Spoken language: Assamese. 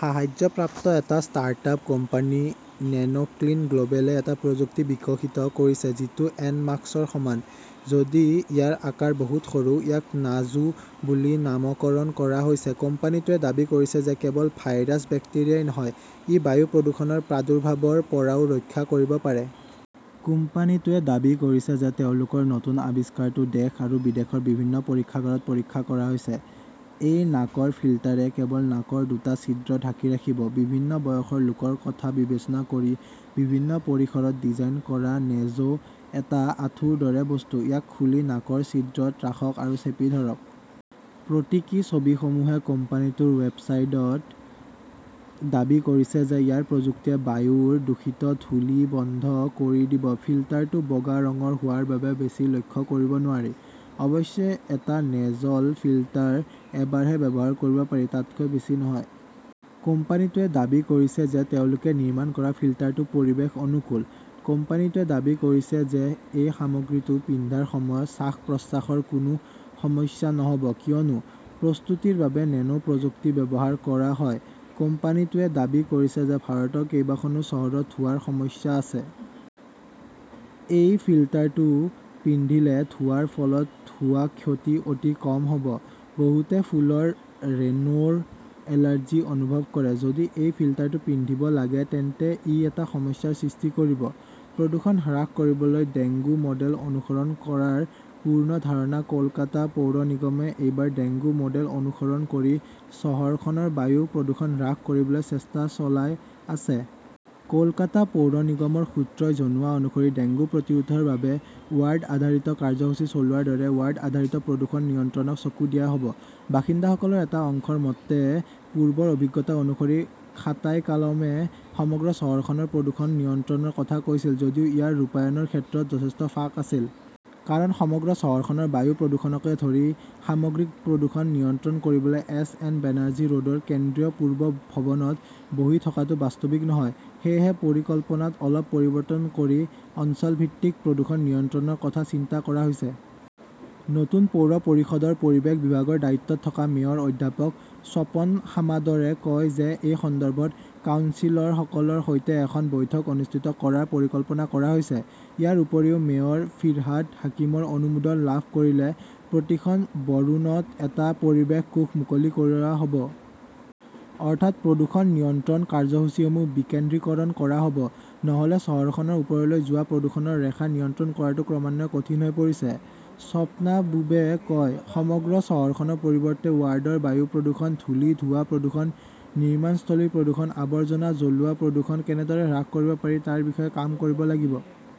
সাহায্যপ্ৰাপ্ত এটা ষ্টাৰ্টআপ কোম্পানী নেনোক্লিন গ্লবেলে এটা প্ৰযুক্তি বিকশিত কৰিছে, যিটো এন- মাস্কৰ সমান, যদিও ইয়াৰ আকাৰ বহুত সৰু। ইয়াক নাজো‌ বুলি নামকৰণ কৰা হৈছে। কোম্পানীটোৱে দাবী কৰিছে যে কেৱল ভাইৰাছ-বেক্টেৰিয়াই নহয়, ই বায়ু প্ৰদূষণৰ প্ৰাদুৰ্ভাৱৰ পৰাও ৰক্ষা কৰিব পাৰে। কোম্পানীটোৱে দাবী কৰিছে যে তেওঁলোকৰ নতুন আৱিষ্কাৰটো দেশ আৰু বিদেশৰ বিভিন্ন পৰীক্ষাগাৰত পৰীক্ষা কৰা হৈছে। এই নাকৰ ফিল্টাৰে কেৱল নাকৰ দুটা ছিদ্ৰ ঢাকি ৰাখিব। বিভিন্ন বয়সৰ লোকৰ কথা বিবেচনা কৰি বিভিন্ন পৰিসৰত ডিজাইন কৰা নেজো- এটা আঠুৰ দৰে বস্তু, ইয়াক খুলি নাকৰ ছিদ্ৰত ৰাখক আৰু চেপি ধৰক। প্ৰতীকী ছবিসমূহে কোম্পানীটোৰ ৱেবছাইটত দাবী কৰিছে যে ইয়াৰ প্ৰযুক্তিয়ে বায়ুৰ দূষিত ধূলি বন্ধ কৰি দিব। ফিল্টাৰটো বগা ৰঙৰ হোৱাৰ বাবে বেছি লক্ষ্য কৰিব নোৱাৰি। অৱশ্যে, এটা নেজল ফিল্টাৰ এবাৰহে ব্যৱহাৰ কৰিব পাৰি, তাতকৈ বেছি নহয়। কোম্পানীটোৱে দাবী কৰিছে যে তেওঁলোকে নিৰ্মাণ কৰা ফিল্টাৰটো পৰিৱেশ অনুকূল। কোম্পানীটোৱে দাবী কৰিছে যে এই সামগ্ৰীটো পিন্ধাৰ সময়ত শ্বাস-প্ৰশ্বাসৰ কোনো সমস্যা নহ 'ব কিয়নো প্ৰস্তুতিৰ বাবে নেনো প্ৰযুক্তি ব্যৱহাৰ কৰা হয়। কোম্পানীটোৱে দাবী কৰিছে যে ভাৰতৰ কেইবাখনো চহৰত ধোঁৱাৰ সমস্যা আছে। এই ফিল্টাৰটো পিন্ধিলে ধোঁৱাৰ ফলত হোৱা ক্ষতি অতি কম হ'ব। বহুতে ফুলৰ ৰেনোৰ এলাৰ্জি অনুভৱ কৰে। যদি এই ফিল্টাৰটো পিন্ধিব লাগে তেন্তে ই এটা সমস্যাৰ সৃষ্টি কৰিব। প্ৰদূষণ হ্ৰাস কৰিবলৈ ডেংগু-মডেল অনুসৰণ কৰাৰ পূৰ্ণ ধাৰণা কলকাতা পৌৰ নিগমে এইবাৰ ডেংগু মডেল অনুসৰণ কৰি চহৰখনৰ বায়ু প্ৰদূষণ হ্ৰাস কৰিবলৈ চেষ্টা চলাই আছে। কলকাতা পৌৰ নিগমৰ সূত্ৰই জনোৱা অনুসৰি ডেংগু প্ৰতিৰোধৰ বাবে ৱাৰ্ড-আধাৰিত কাৰ্যসূচী চলোৱাৰ দৰে ৱাৰ্ড-আধাৰিত প্ৰদূষণ নিয়ন্ত্ৰণক চকু দিয়া হ'ব। বাসিন্দাসকলৰ এটা অংশৰ মতে, পূৰ্বৰ অভিজ্ঞতা অনুসৰি, খাতাইকালমে সমগ্ৰ চহৰখনৰ প্ৰদূষণ নিয়ন্ত্ৰণৰ কথা কৈছিল যদিও ইয়াৰ ৰূপায়ণৰ ক্ষেত্ৰত যথেষ্ট ফাঁক আছিল। কাৰণ, সমগ্ৰ চহৰখনৰ বায়ু প্ৰদূষণকে ধৰি সামগ্ৰিক প্ৰদূষণ নিয়ন্ত্ৰণ কৰিবলৈ এছ. এন. বেনাৰ্জী ৰোডৰ কেন্দ্ৰীয় পূৰ্ব ভৱনত বহি থকাটো বাস্তৱিক নহয়। সেয়েহে পৰিকল্পনাত অলপ পৰিৱৰ্তন কৰি অঞ্চলভিত্তিক প্ৰদূষণ নিয়ন্ত্ৰণৰ কথা চিন্তা কৰা হৈছে। নতুন পৌৰ পৰিষদৰ পৰিৱেশ বিভাগৰ দায়িত্বত থকা মেয়ৰ অধ্যাপক স্বপন সামাদৰে কয় যে এই সন্দৰ্ভত কাউন্সিলৰসকলৰ সৈতে এখন বৈঠক অনুষ্ঠিত কৰাৰ পৰিকল্পনা কৰা হৈছে। ইয়াৰ উপৰিও মেয়ৰ ফিৰহাদ হাকিমৰ অনুমোদন লাভ কৰিলে প্ৰতিখন বৰোণত এটা পৰিৱেশ কোষ মুকলি কৰা হ'ব। অৰ্থাৎ, প্ৰদূষণ নিয়ন্ত্ৰণ কাৰ্যসূচীসমূহ বিকেন্দ্ৰীকৰণ কৰা হ'ব। নহ'লে চহৰখনৰ ওপৰলৈ যোৱা প্ৰদূষণৰ ৰেখা নিয়ন্ত্ৰণ কৰাটো ক্ৰমান্বয়ে কঠিন হৈ পৰিছে। স্বপ্নাবুবে কয়, সমগ্ৰ চহৰখনৰ পৰিৱৰ্তে ৱাৰ্ডৰ বায়ু প্ৰদূষণ, ধূলি-ধোঁৱা প্ৰদূষণ, নিৰ্মাণস্থলীৰ প্ৰদূষণ, আৱৰ্জনা জ্বলোৱা প্ৰদূষণ কেনেদৰে হ্ৰাস কৰিব পাৰি তাৰ বিষয়ে কাম কৰিব লাগিব।